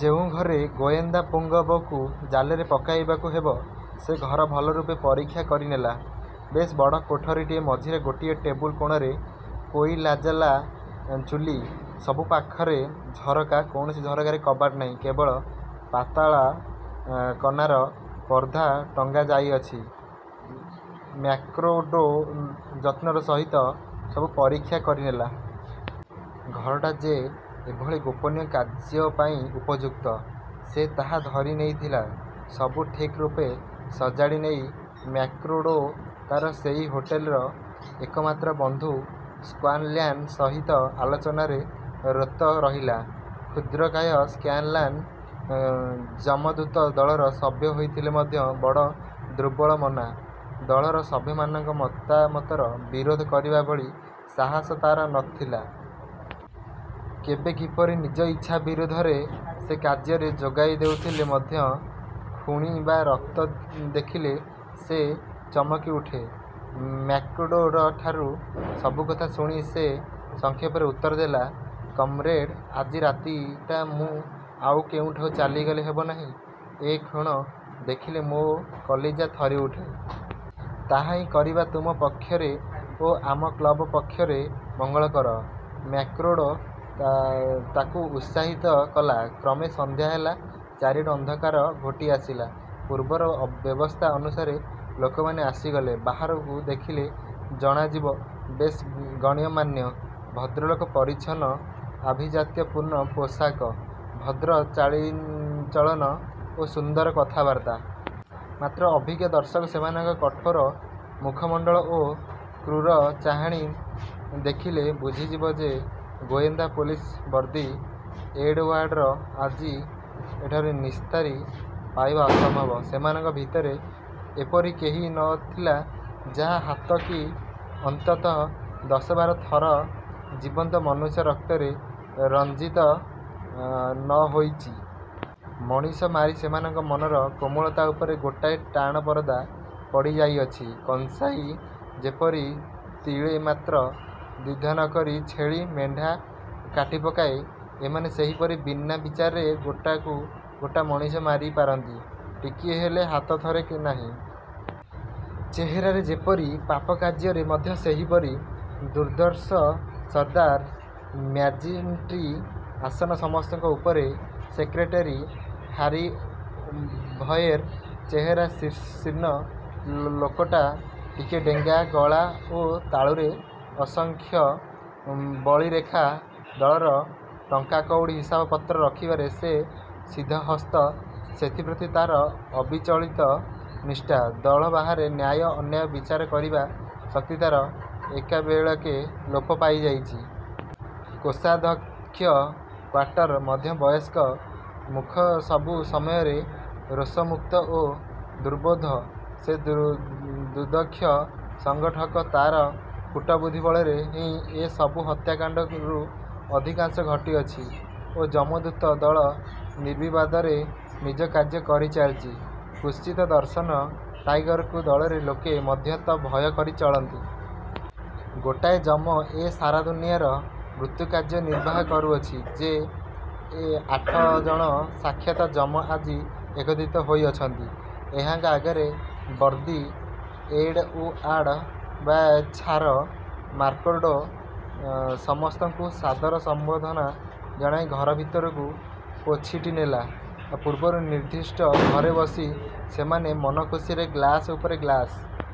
ଯେଉଁ ଘରେ ଗୋଏନ୍ଦାପୁଙ୍ଗବକୁ ଜାଲରେ ପକାଇବାକୁ ହେବ, ସେ ଘର ଭଲରୂପେ ପରୀକ୍ଷା କରିନେଲା-। ବେଶ୍ ବଡ଼ କୋଠରୀଟିଏ; ମଝିରେ ଗୋଟିଏ ଟେବୁଲ, କୋଣରେ କୋଇଲାଜଳା ଚୁଲୀ। ସବୁ ପାଖରେ ଝରକା। କୌଣସି ଝରକାରେ କବାଟ ନାହିଁ; କେବଳ ପାତଳା କନାର ପର୍ଦ୍ଦା ଟଙ୍ଗାଯାଇଅଛି। ମ୍ୟାକ୍ମାର୍ଡ଼ୋ ଯତ୍ନର ସହିତ ସବୁ ପରୀକ୍ଷା କରିନେଲା। ଘରଟା ଯେ ଏଭଳି ଗୋପନୀୟ କାର୍ଯ୍ୟପାଇଁ ଉପଯୁକ୍ତ, ସେ ତାହା ଧରିନେଇଥିଲା। ସବୁ ଠିକ୍ରୂପେ ସଜାଡ଼ିନେଇ ମ୍ୟାକ୍ମାର୍ଡ଼ୋ ତାର ସେହି ହୋଟେଲର ଏକମାତ୍ର ବନ୍ଧୁ ସ୍କାନଲ୍ୟାନ ସହିତ ଆଲୋଚନାରେ ରତ ରହିଲା। କ୍ଷୁଦ୍ରକାୟ ସ୍କାନଲ୍ୟାନ, ଯମଦୂତ ଦଳର ସଭ୍ୟ ହୋଇଥିଲେ ମଧ୍ୟ ବଡ଼ ଦୁର୍ବଳମନା। ଦଳର ସଭ୍ୟମାନଙ୍କ ମତାମତର ବିରୋଧ କରିବା ଭଳି ସାହସ ତାହାର ନ ଥିଲା। କେବେ କିପରି ନିଜ ଇଚ୍ଛା ବିରୋଧରେ ସେ କାର୍ଯ୍ୟରେ ଯୋଗଦେଉଥିଲେ ମଧ୍ୟ ଖୁଣି ବା ରକ୍ତ ଦେଖିଲେ ସେ ଚମକିଉଠେ। ମ୍ୟାକ୍ମାର୍ଡ଼ୋଠାରୁ ସବୁ କଥା ଶୁଣି ସେ ସଂକ୍ଷେପରେ ଉତ୍ତର ଦେଲା, ''କମ୍ରେଡ଼, ଆଜି ରାତିଟା ମୁଁ ଆଉ କେଉଁଠାକୁ ଚାଲିଗଲେ ହେବ ନାହିଁ? ଏ ଖୁଣ୍ ଦେଖିଲେ ମୋ କଲିଜା ଥରିଉଠେ। '' ''ତାହାହିଁ କରିବା ତୁମ ପକ୍ଷରେ ଓ ଆମ କ୍ଳବ ପକ୍ଷରେ ମଙ୍ଗଳକର''–ମ୍ୟାକ୍ମାର୍ଡ଼ୋ ତାକୁ ଉତ୍ସାହିତ କଲା। କ୍ରମେ ସନ୍ଧ୍ୟା ହେଲା। ଚାରିଆଡ଼ୁ ଅନ୍ଧକାର ଘୋଟିଆସିଲା। ପୂର୍ବର ବ୍ୟବସ୍ଥା ଅନୁସାରେ ଲୋକମାନେ ଆସିଗଲେ। ବାହାରୁ ଦେଖିଲେ ଜଣାଯିବ, ବେଶ୍ ଗଣ୍ୟମାନ୍ୟ ଭଦ୍ରଲୋକ। ପରିଚ୍ଛନ୍ନ ଆଭିଜାତ୍ୟପୂର୍ଣ୍ଣ ପୋଷାକ; ଭଦ୍ର ଚାଲିଚଳନ ଓ ସୁନ୍ଦର କଥାବାର୍ତ୍ତା। ମାତ୍ର ଅଭିଜ୍ଞ ଦର୍ଶକ ସେମାନଙ୍କ କଠୋର ମୁଖମଣ୍ଡଳ ଓ କ୍ରୂର ଚାହାଣୀ ଦେଖିଲେ ବୁଝିଯିବ ଯେ ଗୋଏନ୍ଦା ପୋଲିସ ବର୍ଡ଼ି ଏଡ଼ଓ୍ୟାର୍ଡ଼ର ଆଜି ଏଠାରୁ ନିସ୍ତାରି ପାଇବା ଅସମ୍ଭବ। ସେମାନଙ୍କ ଭିତରେ ଏପରି କେହି ନ ଥିଲା, ଯାହା ହାତ କି ଅନ୍ତତଃ ଦଶବାର ଥର ଜୀବନ୍ତ ମନୁଷ୍ୟ ରକ୍ତରେ ରଞ୍ଜିତ ନ ହୋଇଛି। ମଣିଷ ମାରି ସେମାନଙ୍କ ମନର କୋମଳତା ଉପରେ ଗୋଟାଏ ଟାଣ ପରଦା। ପଡ଼ିଯାଇଅଛି। କଂସାଇ ଯେପରି ତିଳେ ମାତ୍ର ଦ୍ୱିଧା ନ କରି ଛେଳି, ମେଣ୍ଢା କାଟିପକାଏ, ଏମାନେ ସେହିପରି ବିନା ବିଚାରରେ ଗୋଟାକୁ ଗୋଟା ମଣିଷ ମାରିପାରନ୍ତି, ଟିକିଏ ହେଲେ ହାତ ଥରେ ନାହିଁ। ଚେହେରାରେ ଯେପରି, ପାପକାର୍ଯ୍ୟରେ ମଧ୍ୟ ସେହିପରି ଦୁର୍ଦ୍ଦର୍ଷସର୍ଦ୍ଦାର ମ୍ୟାକ୍ଜିଣ୍ଟି ଆସନ ସମସ୍ତଙ୍କ ଉପରେ। ସେକ୍ରେଟେରୀ ହ୍ୟାରିଭଏର ଚେହେରା ଶୀର୍ଣ୍ଣ। ଲୋକଟା ଟିକିଏ ଡେଙ୍ଗା, ଗଳା ଓ ତାଳୁରେ ଅସଂଖ୍ୟ ବଳିରେଖା। ଦଳର ଟଙ୍କାକଉଡ଼ି ହିସାବପତ୍ର ରଖିବାରେ ସେ ସିଦ୍ଧହସ୍ତ, ସେଥିପ୍ରତି ତାର ଅବିଚଳିତ ନିଷ୍ଠା। ଦଳ ବାହାରେ ନ୍ୟାୟ ଅନ୍ୟାୟ ବିଚାର କରିବା ଶକ୍ତି ତାର ଏକାବେଳକେ ଲୋପ ପାଇଯାଇଛି। କୋଷାଧ୍ୟକ୍ଷ କାର୍ଟାର ମଧ୍ୟବୟସ୍କ। ମୁଖ ସବୁ ସମୟରେ ରୋଷମୁକ୍ତ ଓ ଦୁର୍ବୋଧ୍ୟ। ସେ ସୁଦକ୍ଷ ସଙ୍ଗଠକ। ତାର କୁଟବୁଦ୍ଧି ବଳରେ ହିଁ ଏ ସବୁ ହତ୍ୟାକାଣ୍ଡରୁ ଅଧିକାଂଶ ଘଟିଅଛି ଓ ଯମଦୂତ ଦଳ ନିର୍ବିବାଦରେ ନିଜ କାର୍ଯ୍ୟ କରିଚାଲିଛି। କୁତ୍ସିତଦର୍ଶନ ଟାଇଗରକୁ ଦଳର ଲୋକେ ମଧ୍ୟ ତ ଭୟ କରି ଚଳନ୍ତି। ଗୋଟାଏ ଯମ ଏ ସାରା ଦୁନିଆର ମୃତ୍ୟୁକାର୍ଯ୍ୟ ନିର୍ବାହ କରୁଅଛି। ଏ ଯେ ଆଠ ଜଣ ସାକ୍ଷାତ ଯମ ଆଜି ଏକତ୍ରିତ ହୋଇଅଛନ୍ତି; ଏହାଙ୍କ ଆଗରେ ବର୍ଡ଼ି ଏଡ଼ଉଆର୍ଡ଼ ବା କି ଛାର? ମ୍ୟାକ୍ମାର୍ଡ଼ୋ ସମସ୍ତଙ୍କୁ ସାଦର ସମ୍ବର୍ଦ୍ଧନା ଜଣାଇ ଘର ଭିତରକୁ ପାଛୋଟି ନେଲା। ପୂର୍ବରୁ ନିର୍ଦ୍ଦିଷ୍ଟ ଘରେ ବସି ସେମାନେ ମନଖୁସିରେ ଗ୍ଳାସ ଉପରେ ଗ୍ଳାସ